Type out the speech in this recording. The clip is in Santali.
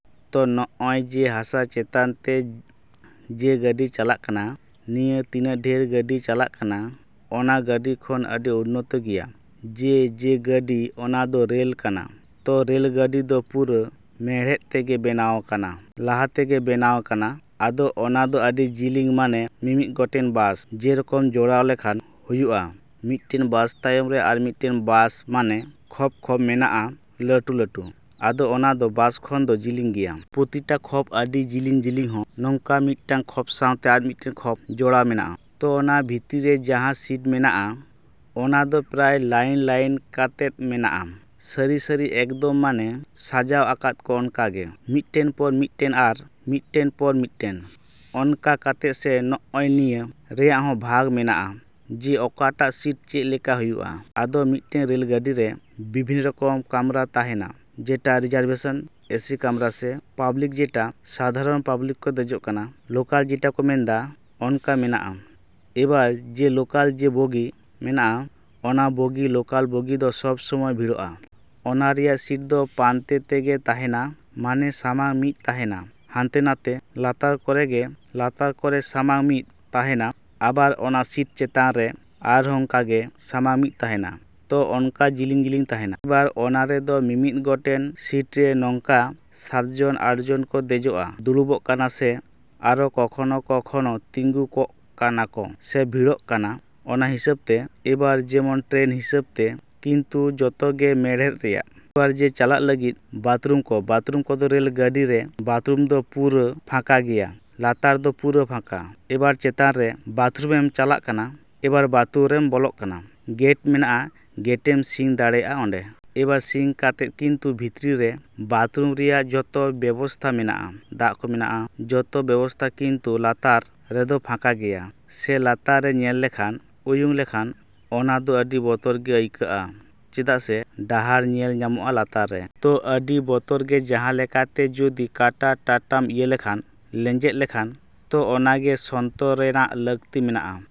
ᱛᱚ ᱱᱚᱜᱼᱚᱭ ᱡᱮ ᱦᱟᱥᱟ ᱪᱮᱛᱟᱱ ᱛᱮ ᱡᱮ ᱜᱟᱹᱰᱤ ᱪᱟᱞᱟᱜ ᱠᱟᱱᱟ, ᱱᱤᱭᱟᱹ ᱛᱤᱱᱟᱹᱜ ᱰᱷᱮᱨ ᱜᱟᱹᱰᱤ ᱪᱟᱞᱟᱜ ᱠᱟᱱᱟ, ᱚᱱᱟ ᱜᱟᱹᱰᱤ ᱠᱷᱚᱱ ᱟᱹᱰᱤ ᱩᱱᱱᱚᱛᱚ ᱜᱮᱭᱟ ᱡᱮ ᱡᱮ ᱜᱟᱹᱰᱤ ᱚᱱᱟᱫᱚ ᱨᱮᱞ ᱠᱟᱱᱟ᱾ ᱛᱚ ᱨᱮᱞ ᱜᱟᱹᱰᱤ ᱫᱚ ᱯᱩᱨᱟᱹ ᱢᱮᱬᱦᱮᱫ ᱛᱮᱜᱮ ᱵᱮᱱᱟᱣ ᱠᱟᱱᱟ᱾ ᱞᱚᱦᱟ ᱛᱮᱜᱮ ᱵᱮᱱᱟᱣ ᱠᱟᱱᱟ ᱟᱫᱚ ᱚᱱᱟᱫᱚ ᱟᱹᱰᱤ ᱡᱤᱞᱤᱧ ᱢᱟᱱᱮ ᱢᱤᱢᱤᱫ ᱜᱚᱴᱮᱱ ᱵᱟᱥ ᱡᱮᱨᱚᱠᱚᱢ ᱡᱚᱲᱟᱣ ᱞᱮᱠᱷᱟᱱ ᱦᱩᱭᱩᱜᱼᱟ᱾ ᱢᱤᱫᱴᱮᱱ ᱵᱟᱥ ᱛᱟᱭᱚᱢ ᱨᱮ ᱟᱨ ᱢᱤᱫᱴᱟᱱ ᱵᱟᱥ ᱢᱟᱱᱮ ᱠᱷᱚᱯᱼᱠᱷᱚᱯ ᱢᱮᱱᱟᱜᱼᱟ ᱞᱟᱹᱴᱩᱼᱞᱟᱹᱴᱩ᱾ ᱟᱫᱚ ᱚᱱᱟᱫᱚ ᱵᱟᱥ ᱠᱷᱚᱱ ᱫᱚ ᱡᱤᱞᱤᱧ ᱜᱮᱭᱟ᱾ ᱯᱨᱚᱛᱤᱴᱟ ᱠᱷᱚᱯ ᱟᱹᱰᱤ ᱡᱤᱞᱤᱧᱼᱡᱤᱞᱤᱧ ᱦᱚᱸ ᱱᱚᱝᱠᱟ ᱢᱤᱫᱴᱮᱱ ᱠᱷᱚᱯ ᱥᱟᱣᱛᱮ ᱟᱨᱢᱤᱫᱴᱮᱱ ᱠᱷᱚᱯ ᱡᱚᱲᱟᱣ ᱢᱮᱱᱟᱜᱼᱟ᱾ ᱛᱚ ᱚᱱᱟ ᱵᱷᱤᱛᱨᱤ ᱨᱮ ᱡᱟᱦᱟᱸ ᱥᱤᱴ ᱢᱮᱱᱟᱜᱼᱟ, ᱚᱱᱟᱫᱚ ᱯᱨᱟᱭ ᱞᱟᱭᱤᱱᱼᱞᱟᱭᱤᱱ ᱠᱟᱛᱮᱫ ᱢᱮᱱᱟᱜᱼᱟ ᱥᱟᱹᱨᱤᱼᱥᱟᱹᱨᱤ ᱮᱠᱫᱚᱢ ᱢᱟᱱᱮ ᱥᱟᱡᱟᱣ ᱠᱟᱫᱟ ᱠᱚ ᱚᱱᱠᱟᱜᱮ ᱢᱤᱫᱴᱮᱱ ᱯᱚᱨ ᱢᱤᱫᱴᱮᱱ ᱟᱨ ᱢᱤᱫᱴᱮᱱ ᱯᱚᱨ ᱢᱤᱫᱴᱮᱱ ᱚᱱᱠᱟ ᱠᱟᱛᱮᱫ ᱥᱮ ᱱᱚᱜᱼᱚᱭ ᱱᱤᱭᱟᱹ ᱨᱮᱭᱟᱜ ᱦᱚᱸ ᱵᱷᱟᱜᱽ ᱢᱮᱱᱟᱜᱼᱟ ᱡᱮ ᱚᱠᱟᱴᱟᱜ ᱥᱤᱴ ᱪᱮᱫ ᱞᱮᱠᱟ ᱦᱩᱭᱩᱜᱼᱟ᱾ ᱟᱫᱚ ᱢᱤᱫᱴᱮᱱ ᱨᱮᱞ ᱜᱟᱹᱰᱤ ᱨᱮ ᱵᱤᱵᱷᱤᱱᱱᱚ ᱨᱚᱠᱚᱢ ᱠᱟᱢᱨᱟ ᱛᱟᱦᱮᱱᱟ ᱡᱮᱴᱟ ᱨᱤᱡᱟᱨᱵᱷᱮᱥᱚᱱ, ᱮᱥᱤ ᱠᱟᱢᱨᱟ ᱥᱮ ᱯᱟᱵᱽᱞᱤᱠ ᱡᱮᱴᱟ ᱥᱟᱫᱷᱟᱨᱚᱱ ᱯᱟᱵᱽᱞᱤᱠ ᱠᱚ ᱫᱮᱡᱚᱜ ᱠᱟᱱᱟ ᱾ᱞᱚᱠᱟᱞ ᱡᱮᱴᱟ ᱠᱚ ᱢᱮᱱᱫᱟ ᱚᱱᱟᱠᱚ ᱢᱮᱱᱟᱜᱼᱟ᱾ ᱮᱭᱵᱟᱨ ᱡᱮ ᱞᱚᱠᱟᱞ ᱡᱮ ᱵᱚᱜᱤ ᱢᱮᱱᱟᱜᱼᱟ, ᱚᱱᱟ ᱵᱚᱜᱤ ᱞᱚᱠᱟᱞ ᱵᱚᱜᱤ ᱫᱚ ᱥᱚᱵᱽ ᱥᱚᱢᱚᱭ ᱵᱷᱤᱲᱚᱜᱼᱟ᱾ ᱚᱱᱟ ᱨᱮᱭᱟᱜ ᱥᱤᱴ ᱫᱚ ᱯᱟᱱᱛᱮ ᱛᱮᱜᱮ ᱛᱟᱦᱮᱱᱟ ᱢᱟᱱᱮ ᱥᱟᱢᱟᱝ ᱢᱤᱫ ᱛᱟᱦᱮᱱᱟ ᱦᱟᱱᱛᱮ ᱱᱟᱛᱮ ᱞᱟᱛᱟᱨ ᱠᱚᱨᱮᱜᱮ ᱞᱟᱛᱟᱨ ᱠᱚᱨᱮ ᱥᱟᱢᱟᱝ ᱢᱤᱫ ᱛᱟᱦᱮᱱᱟ ᱟᱵᱟᱨ ᱚᱱᱟ ᱴᱷᱤᱠ ᱪᱮᱛᱟᱱ ᱨᱮ ᱟᱨᱦᱚᱸ ᱚᱱᱠᱟᱜᱮ ᱥᱟᱢᱟᱝ ᱢᱤᱫ ᱛᱟᱦᱮᱱᱟ᱾ ᱛᱚ ᱚᱱᱠᱟ ᱡᱤᱞᱤᱧᱼᱡᱤᱞᱤᱧ ᱛᱟᱦᱮᱱᱟ᱾ ᱮᱭᱵᱟᱨ ᱚᱱᱟ ᱨᱮᱫᱚ ᱢᱤᱢᱤᱫ ᱜᱚᱴᱮᱱ ᱥᱤᱴ ᱨᱮ ᱱᱚᱝᱠᱟ ᱥᱟᱛᱡᱚᱱ ᱟᱴᱡᱚᱱ ᱠᱚ ᱫᱮᱡᱚᱜᱼᱟ ,ᱫᱩᱲᱩᱵᱚᱜ ᱠᱟᱱᱟ ᱥᱮ ᱟᱨᱚ ᱠᱚᱠᱷᱚᱱᱚᱼᱠᱚᱠᱷᱚᱱᱚ ᱛᱤᱸᱜᱩ ᱠᱚᱜ ᱠᱟᱱᱟ ᱠᱚ ᱥᱮ ᱵᱷᱤᱲᱚᱜ ᱠᱟᱱᱟ ᱚᱱᱟ ᱦᱤᱥᱟᱹᱵᱽ ᱛᱮ᱾ ᱮᱵᱟᱨ ᱡᱮᱢᱚᱱ ᱴᱨᱮᱱ ᱦᱤᱥᱟᱹᱵᱽᱛᱮ ᱠᱤᱱᱛᱩ ᱡᱚᱛᱚᱜᱮ ᱢᱮᱬᱦᱮᱫ ᱨᱮᱭᱟᱜ᱾ ᱮᱭᱵᱟᱨ ᱡᱮ ᱪᱟᱞᱟᱜ ᱞᱟᱹᱜᱤᱫ ᱵᱟᱛᱨᱩᱢ ᱠᱚ, ᱵᱟᱛᱨᱩᱢ ᱠᱚᱫᱚ ᱨᱮᱞ ᱜᱟᱹᱰᱤᱨᱮ ᱵᱟᱛᱷᱨᱩᱢ ᱫᱚ ᱯᱩᱨᱟᱹ ᱯᱷᱟᱸᱠᱟ ᱜᱮᱭᱟ ᱞᱟᱛᱟᱨ ᱫᱚ ᱯᱩᱨᱟᱹ ᱯᱷᱟᱸᱠᱟ᱾ ᱮᱭᱵᱟᱨ ᱪᱮᱛᱟᱱ ᱨᱮ ᱵᱟᱛᱷᱨᱩᱢᱮᱢ ᱪᱟᱞᱟᱜ ᱠᱟᱱᱟ, ᱮᱭᱵᱟᱨ ᱵᱟᱛᱷᱨᱩᱢ ᱨᱮᱢ ᱵᱚᱞᱚᱜ ᱠᱟᱱᱟ, ᱜᱮᱴ ᱢᱮᱱᱟᱜᱼᱟ, ᱜᱮᱴᱮᱢ ᱥᱤᱧ ᱫᱟᱲᱮᱭᱟᱜᱼᱟ ᱚᱸᱰᱮ᱾ ᱮᱭᱵᱟᱨ ᱥᱤᱧ ᱠᱟᱛᱮᱫ ᱠᱤᱱᱛᱩ ᱵᱷᱤᱛᱨᱤ ᱨᱮ ᱵᱟᱛᱨᱩᱢ ᱨᱮᱭᱟᱜ ᱡᱚᱛᱚ ᱵᱮᱵᱚᱥᱛᱷᱟ ᱢᱮᱱᱟᱜᱼᱟ, ᱫᱟᱜ ᱠᱚ ᱢᱮᱱᱟᱜᱼᱟ, ᱡᱚᱛᱚ ᱵᱮᱵᱚᱥᱛᱷᱟ ᱠᱤᱱᱛᱩ ᱞᱟᱛᱟᱨ ᱨᱮᱫᱚ ᱯᱷᱟᱸᱠᱟ ᱜᱮᱭᱟ ᱥᱮ ᱞᱟᱛᱟᱨ ᱨᱮ ᱧᱮᱞ ᱞᱮᱠᱷᱟᱱ ᱩᱭᱩᱝ ᱞᱮᱠᱷᱟᱱ ᱚᱱᱟᱫᱚ ᱟᱹᱰᱤ ᱵᱚᱛᱚᱨ ᱜᱮ ᱟᱹᱭᱠᱟᱹᱜᱼᱟ ᱪᱮᱫᱟᱜ ᱥᱮ ᱰᱟᱦᱟᱨ ᱧᱮᱞ ᱧᱟᱢᱚᱜᱼᱟ ᱞᱟᱛᱟᱨ ᱨᱮ᱾ ᱛᱚ ᱟᱹᱰᱤ ᱵᱚᱛᱚᱨ ᱡᱮ ᱡᱟᱦᱟᱸ ᱞᱮᱠᱟᱛᱮ ᱡᱩᱫᱤ ᱠᱟᱴᱟ ᱴᱟᱴᱟᱢ ᱤᱭᱟᱹ ᱞᱮᱱᱠᱷᱟᱱ ᱞᱮᱸᱡᱮᱫ ᱞᱮᱱᱠᱷᱟᱱ ᱛᱚ ᱚᱱᱟᱜᱮ ᱥᱚᱪᱮᱛᱚᱱ ᱨᱮᱱᱟᱜ ᱞᱟ.ᱠᱛᱤ ᱢᱮᱱᱟᱜ-ᱟ᱾